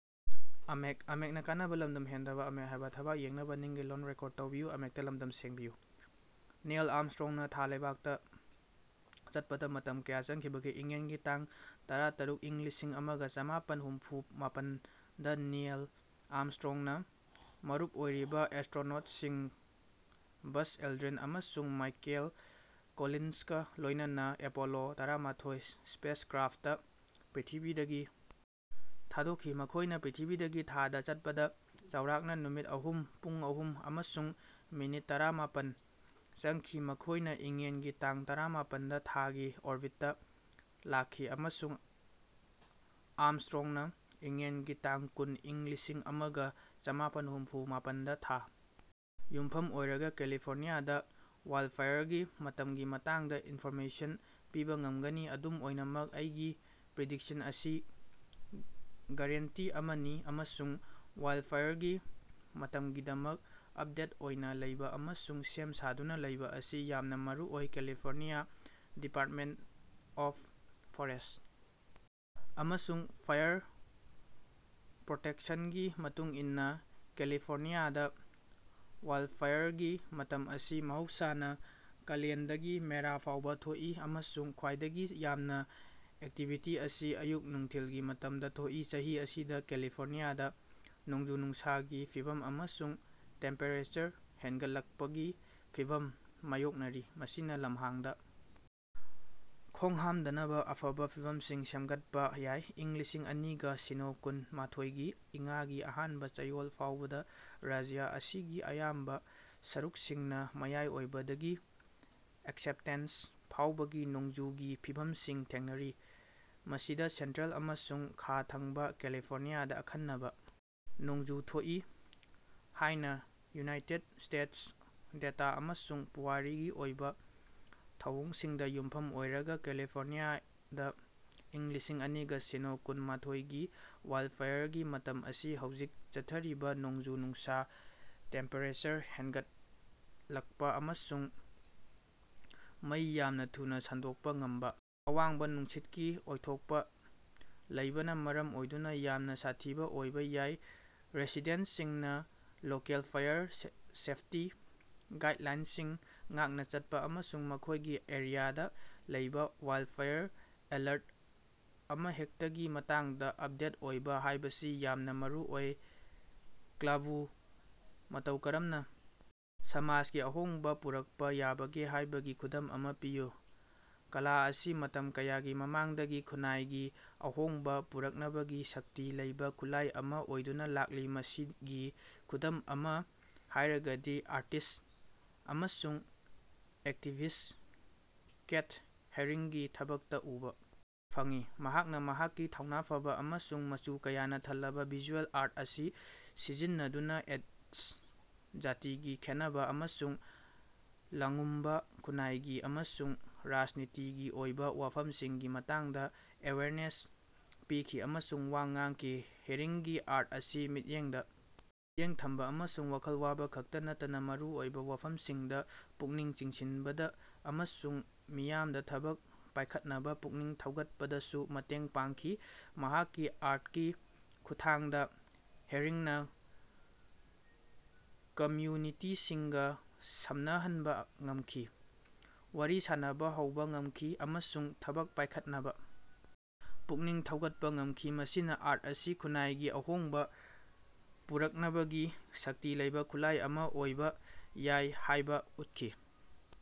Neil ꯑꯥꯔꯝꯁꯇ꯭ꯔꯣꯡꯅ ꯊꯥ ꯂꯩꯕꯥꯛꯇ ꯆꯠꯄꯗ ꯃꯇꯝ ꯀꯌꯥ ꯆꯪꯈꯤꯕꯒꯦ? ꯏꯉꯦꯟꯒꯤ ꯇꯡ ꯇꯔꯥ-ꯇꯔꯨꯛ, ꯏꯪ ꯂꯤꯁꯤꯡ ꯑꯃꯒ ꯆꯃꯥꯄꯟ ꯍꯨꯝꯐꯨ ꯃꯥꯄꯟ ꯗꯥ ꯅꯤꯌꯦꯜ ꯑꯥꯔꯝꯁꯇ꯭ꯔꯣꯡꯅ ꯃꯔꯨꯞ ꯑꯣꯏꯔꯤꯕ ꯑꯦꯁ꯭ꯇꯔꯣꯅꯣꯠꯁꯤꯡ ꯕꯖ ꯑꯦꯜꯗ꯭ꯔꯤꯟ ꯑꯃꯁꯨꯡ ꯃꯥꯏꯀꯦꯜ ꯀꯣꯂꯤꯟꯁꯀ ꯂꯣꯏꯅꯅ ꯑꯦꯄꯣꯂꯣ ꯇꯔꯥꯃꯊꯣꯏ ꯁ꯭ꯄꯦꯁꯀ꯭ꯔꯥꯐꯠꯇ ꯄ꯭ꯔꯤꯊꯤꯕꯤꯗꯒꯤ ꯊꯥꯗꯣꯛꯈꯤ꯫ ꯃꯈꯣꯏꯅ ꯄ꯭ꯔꯤꯊꯤꯕꯤꯗꯒꯤ ꯊꯥꯗ ꯆꯠꯄꯗ ꯆꯥꯎꯔꯥꯛꯅ ꯅꯨꯃꯤꯠ ꯑꯍꯨꯝ, ꯄꯨꯡ ꯑꯍꯨꯝ ꯑꯃꯁꯨꯡ ꯃꯤꯅꯤꯠ ꯇꯔꯥꯃꯥꯄꯟ ꯆꯪꯈꯤ꯫ ꯃꯈꯣꯏꯅ ꯏꯉꯦꯟꯒꯤ ꯇꯥꯡ ꯇꯔꯥꯃꯥꯄꯟꯗ ꯊꯥꯒꯤ ꯑꯣꯔꯕꯤꯠꯇ ꯂꯥꯛꯈꯤ ꯑꯃꯁꯨꯡ ꯑꯥꯔꯝꯁꯇ꯭ꯔꯣꯡꯅ ꯏꯉꯦꯟꯒꯤ ꯇꯥꯡ ꯀꯨꯟ, ꯏꯪ ꯂꯤꯁꯤꯡ ꯑꯃꯒ ꯆꯃꯥꯄꯟ ꯍꯨꯝꯐꯨ ꯃꯥꯄꯟꯗ ꯊꯥ ꯌꯨꯝꯐꯝ ꯑꯣꯏꯔꯒ ꯀꯦꯂꯤꯐꯣꯔꯅꯤꯌꯥꯗ ꯋꯥꯏꯜꯗꯐꯥꯏꯌꯔꯒꯤ ꯃꯇꯝꯒꯤ ꯃꯇꯥꯡꯗ ꯏꯟꯐꯣꯔꯃꯦꯁꯟ ꯄꯤꯕ ꯉꯝꯒꯅꯤ꯫ ꯑꯗꯨꯝ ꯑꯣꯏꯅꯃꯛ ꯑꯩꯒꯤ ꯄ꯭ꯔꯤꯗꯤꯛꯁꯟ ꯑꯁꯤ ꯒꯔꯦꯟꯇꯤ ꯑꯃꯅꯤ ꯑꯃꯁꯨꯡ ꯋꯥꯏꯜꯗꯐꯥꯏꯌꯔꯒꯤ ꯃꯇꯝꯒꯤꯗꯃꯛ ꯑꯞꯗꯦꯠ ꯑꯣꯏꯅ ꯂꯩꯕ ꯑꯃꯁꯨꯡ ꯁꯦꯝ ꯁꯥꯗꯨꯅ ꯂꯩꯕ ꯑꯁꯤ ꯌꯥꯝꯅ ꯃꯔꯨꯑꯣꯏ꯫ ꯀꯦꯂꯤꯐꯣꯔꯅꯤꯌꯥ ꯗꯤꯄꯥꯔꯠꯃꯦꯟꯇ ꯑꯣꯐ ꯐꯣꯔꯦꯁ ꯑꯃꯁꯨꯡ ꯐꯥꯏꯌꯔ ꯄ꯭ꯔꯣꯇꯦꯛꯁꯟꯒꯤ ꯃꯇꯨꯡꯏꯟꯅ ꯀꯦꯂꯤꯐꯣꯔꯅꯤꯌꯥꯗ ꯋꯥꯏꯜꯗꯐꯥꯏꯌꯔꯒꯤ ꯃꯇꯝ ꯑꯁꯤ ꯃꯍꯧꯁꯥꯅ ꯀꯂꯦꯟꯗꯒꯤ ꯃꯦꯔꯥ ꯐꯥꯎꯕ ꯊꯣꯛꯏ, ꯑꯃꯁꯨꯡ ꯈ꯭ꯋꯥꯏꯗꯒꯤ ꯌꯥꯝꯅ ꯑꯦꯛꯇꯤꯚꯤꯇꯤ ꯑꯁꯤ ꯑꯌꯨꯛ-ꯅꯨꯡꯊꯤꯜꯒꯤ ꯃꯇꯝꯗ ꯊꯣꯛꯏ꯫ ꯆꯍꯤ ꯑꯁꯤꯗ ꯀꯦꯂꯤꯐꯣꯔꯅꯤꯌꯥꯗ ꯅꯣꯡꯖꯨ-ꯅꯨꯡꯁꯥꯒꯤ ꯐꯤꯚꯝ ꯑꯃꯁꯨꯡ ꯇꯦꯝꯄꯦꯔꯦꯆꯔ ꯍꯦꯟꯒꯠꯂꯛꯄꯒꯤ ꯐꯤꯚꯝ ꯃꯥꯌꯣꯛꯅꯔꯤ꯫ ꯃꯁꯤꯅ ꯂꯝꯍꯥꯡꯗ ꯈꯣꯡꯍꯥꯝꯗꯅꯕ ꯑꯐꯕ ꯐꯤꯚꯝꯁꯤꯡ ꯁꯦꯝꯒꯠꯄ ꯌꯥꯏ꯫ ꯏꯪ ꯂꯤꯁꯤꯡ ꯑꯅꯤꯒ ꯁꯤꯅꯣ ꯀꯨꯟ ꯃꯥꯊꯣꯏꯒꯤ ꯏꯉꯥꯒꯤ ꯑꯍꯥꯟꯕ ꯆꯌꯣꯜ ꯐꯥꯎꯕꯗ ꯔꯥꯖ꯭ꯌ ꯑꯁꯤꯒꯤ ꯑꯌꯥꯝꯕ ꯁꯔꯨꯛꯁꯤꯡꯅ ""ꯃꯌꯥꯏ ꯑꯣꯏꯕ""ꯗꯒꯤ ""ꯑꯦꯛꯁꯦꯞꯇꯦꯟꯁ"" ꯐꯥꯎꯕꯒꯤ ꯅꯣꯡꯖꯨꯒꯤ ꯐꯤꯕꯝꯁꯤꯡ ꯊꯦꯡꯅꯔꯤ꯫ ꯃꯁꯤꯗ ꯁꯦꯟꯇ꯭ꯔꯦꯜ ꯑꯃꯁꯨꯡ ꯈꯥ ꯊꯪꯕ ꯀꯦꯂꯤꯐꯣꯔꯅꯤꯌꯥꯗ ꯑꯈꯟꯅꯕ ꯅꯣꯡꯖꯨ ꯊꯣꯛꯏ ꯍꯥꯏꯅ ꯌꯨꯅꯥꯏꯇꯦꯗ ꯁ꯭ꯇꯦꯗꯁ ꯗꯦꯇꯥ ꯑꯃꯁꯨꯡ ꯄꯨꯋꯥꯔꯤꯒꯤ ꯑꯣꯏꯕ ꯊꯧꯑꯣꯡꯁꯤꯡꯗ ꯌꯨꯝꯐꯝ ꯑꯣꯏꯔꯒ ꯀꯦꯂꯤꯐꯣꯔꯅꯤꯌꯥꯗ ꯏꯪ ꯂꯤꯁꯤꯡ ꯑꯅꯤꯒ ꯁꯤꯅꯣ ꯀꯨꯟ ꯃꯥꯊꯣꯏꯒꯤ ꯋꯥꯏꯜꯗꯐꯥꯏꯌꯔꯒꯤ ꯃꯇꯝ ꯑꯁꯤ ꯍꯧꯖꯤꯛ ꯆꯠꯊꯔꯤꯕ ꯅꯣꯡꯖꯨ-ꯅꯨꯡꯁꯥ, ꯇꯦꯝꯄꯦꯔꯦꯆꯔ ꯍꯦꯡꯒꯠꯂꯛꯄ, ꯑꯃꯁꯨꯡ ꯃꯩ ꯌꯥꯝꯅ ꯊꯨꯅ ꯁꯟꯗꯣꯛꯄ ꯉꯝꯕ ꯑꯋꯥꯡꯕ ꯅꯨꯡꯁꯤꯠꯀꯤ ꯑꯣꯏꯊꯣꯛꯄ ꯂꯩꯕꯅ ꯃꯔꯝ ꯑꯣꯏꯗꯨꯅ ꯌꯥꯝꯅ ꯁꯥꯊꯤꯕ ꯑꯣꯏꯕ ꯌꯥꯏ꯫ ꯔꯦꯁꯤꯗꯦꯟꯇꯁꯤꯡꯅ ꯂꯣꯀꯦꯜ ꯐꯥꯏꯌꯔ ꯁꯦꯐꯇꯤ ꯒꯥꯏꯗꯂꯥꯏꯟꯁꯤꯡ ꯉꯥꯛꯅ ꯆꯠꯄ ꯑꯃꯁꯨꯡ ꯃꯈꯣꯏꯒꯤ ꯑꯦꯔꯤꯌꯥꯗ ꯂꯩꯕ ꯋꯥꯏꯜꯗꯐꯥꯏꯌꯔ ꯑꯦꯂꯔꯠ ꯑꯃꯍꯦꯛꯇꯒꯤ ꯃꯇꯥꯡꯗ ꯑꯞꯗꯦꯠ ꯑꯣꯏꯕ ꯍꯥꯏꯕꯁꯤ ꯌꯥꯝꯅ ꯃꯔꯨꯑꯣꯏ꯫ ꯀꯂꯥꯕꯨ ꯃꯇꯧ ꯀꯔꯝꯅ ꯁꯃꯥꯖꯒꯤ ꯑꯍꯣꯡꯕ ꯄꯨꯔꯛꯄ ꯌꯥꯕꯒꯦ ꯍꯥꯏꯕꯒꯤ ꯈꯨꯗꯝ ꯑꯃꯥ ꯄꯤꯌꯨ꯫ ꯀꯂꯥ ꯑꯁꯤ ꯃꯇꯝ ꯀꯌꯥꯒꯤ ꯃꯃꯥꯡꯗꯒꯤ ꯈꯨꯟꯅꯥꯏꯒꯤ ꯑꯍꯣꯡꯕ ꯄꯨꯔꯛꯅꯕꯒꯤ ꯁꯛꯇꯤ ꯂꯩꯕ ꯈꯨꯠꯂꯥꯏ ꯑꯃ ꯑꯣꯏꯗꯨꯅ ꯂꯥꯛꯂꯤ꯫ ꯃꯁꯤꯒꯤ ꯈꯨꯗꯝ ꯑꯃ ꯍꯥꯏꯔꯒꯗꯤ ꯑꯥꯔꯇꯤꯁꯠ ꯑꯃꯁꯨꯡ ꯑꯦꯛꯇꯤꯚꯤꯁꯠ ꯀꯦꯊ ꯍꯦꯔꯤꯡꯒꯤ ꯊꯕꯛꯇ ꯎꯕ ꯐꯪꯉꯤ꯫ ꯃꯍꯥꯛꯅ ꯃꯍꯥꯛꯀꯤ ꯊꯧꯅ ꯐꯕ ꯑꯃꯁꯨꯡ ꯃꯆꯨ ꯀꯌꯥꯅ ꯊꯜꯂꯕ ꯚꯤꯖꯨꯑꯦꯜ ꯑꯥꯔꯠ ꯑꯁꯤ ꯁꯤꯖꯤꯟꯅꯗꯨꯅ ꯑꯦꯗꯁ, ꯖꯥꯇꯤꯒꯤ ꯈꯦꯟꯅꯕ, ꯑꯃꯁꯨꯡ ꯂꯥꯉꯨꯝꯕ ꯈꯨꯟꯅꯥꯏꯒꯤ ꯑꯃꯁꯨꯡ ꯔꯥꯖꯅꯤꯇꯤꯒꯤ ꯑꯣꯏꯕ ꯋꯥꯐꯝꯁꯤꯡꯒꯤ ꯃꯇꯥꯡꯗ ꯑꯦꯋꯦꯔꯅꯦꯁ ꯄꯤꯈꯤ ꯑꯃꯁꯨꯡ ꯋꯥ ꯉꯥꯡꯈꯤ꯫ ꯍꯦꯔꯤꯡꯒꯤ ꯑꯥꯔꯠ ꯑꯁꯤ ꯃꯤꯠꯌꯦꯡꯗ ꯃꯤꯠꯌꯦꯡ ꯊꯝꯕ ꯑꯃꯁꯨꯡ ꯋꯥꯈꯜ ꯋꯥꯕ ꯈꯛꯇ ꯅꯠꯇꯅ ꯃꯔꯨꯑꯣꯏꯕ ꯋꯥꯐꯝꯁꯤꯡꯗ ꯄꯨꯛꯅꯤꯡ ꯆꯤꯡꯁꯤꯟꯕꯗ ꯑꯃꯁꯨꯡ ꯃꯤꯌꯥꯝꯗ ꯊꯕꯛ ꯄꯥꯏꯈꯠꯅꯕ ꯄꯨꯛꯅꯤꯡ ꯊꯧꯒꯠꯄꯗꯁꯨ ꯃꯇꯦꯡ ꯄꯥꯡꯈꯤ꯫ ꯃꯍꯥꯛꯀꯤ ꯑꯥꯔꯠꯀꯤ ꯈꯨꯠꯊꯥꯡꯗ ꯍꯦꯔꯤꯡꯅ ꯀꯝꯃ꯭ꯌꯨꯅꯤꯇꯤꯁꯤꯡꯒ ꯁꯝꯅꯍꯟꯕ ꯉꯝꯈꯤ꯫ ꯋꯥꯔꯤ ꯁꯥꯟꯅꯕ ꯍꯧꯕ ꯉꯃꯈꯤ ꯑꯃꯁꯨꯡ ꯊꯕꯛ ꯄꯥꯏꯈꯠꯅꯕ ꯄꯨꯛꯅꯤꯡ ꯊꯧꯒꯠꯄ ꯉꯝꯈꯤ꯫ ꯃꯁꯤꯅ ꯑꯥꯔꯠ ꯑꯁꯤ ꯈꯨꯟꯅꯥꯏꯒꯤ ꯑꯍꯣꯡꯕ ꯄꯨꯔꯛꯅꯕꯒꯤ ꯁꯛꯇꯤ ꯂꯩꯕ ꯈꯨꯠꯂꯥꯏ ꯑꯃ ꯑꯣꯏꯕ ꯌꯥꯏ ꯍꯥꯏꯕ ꯎꯠꯈꯤ꯫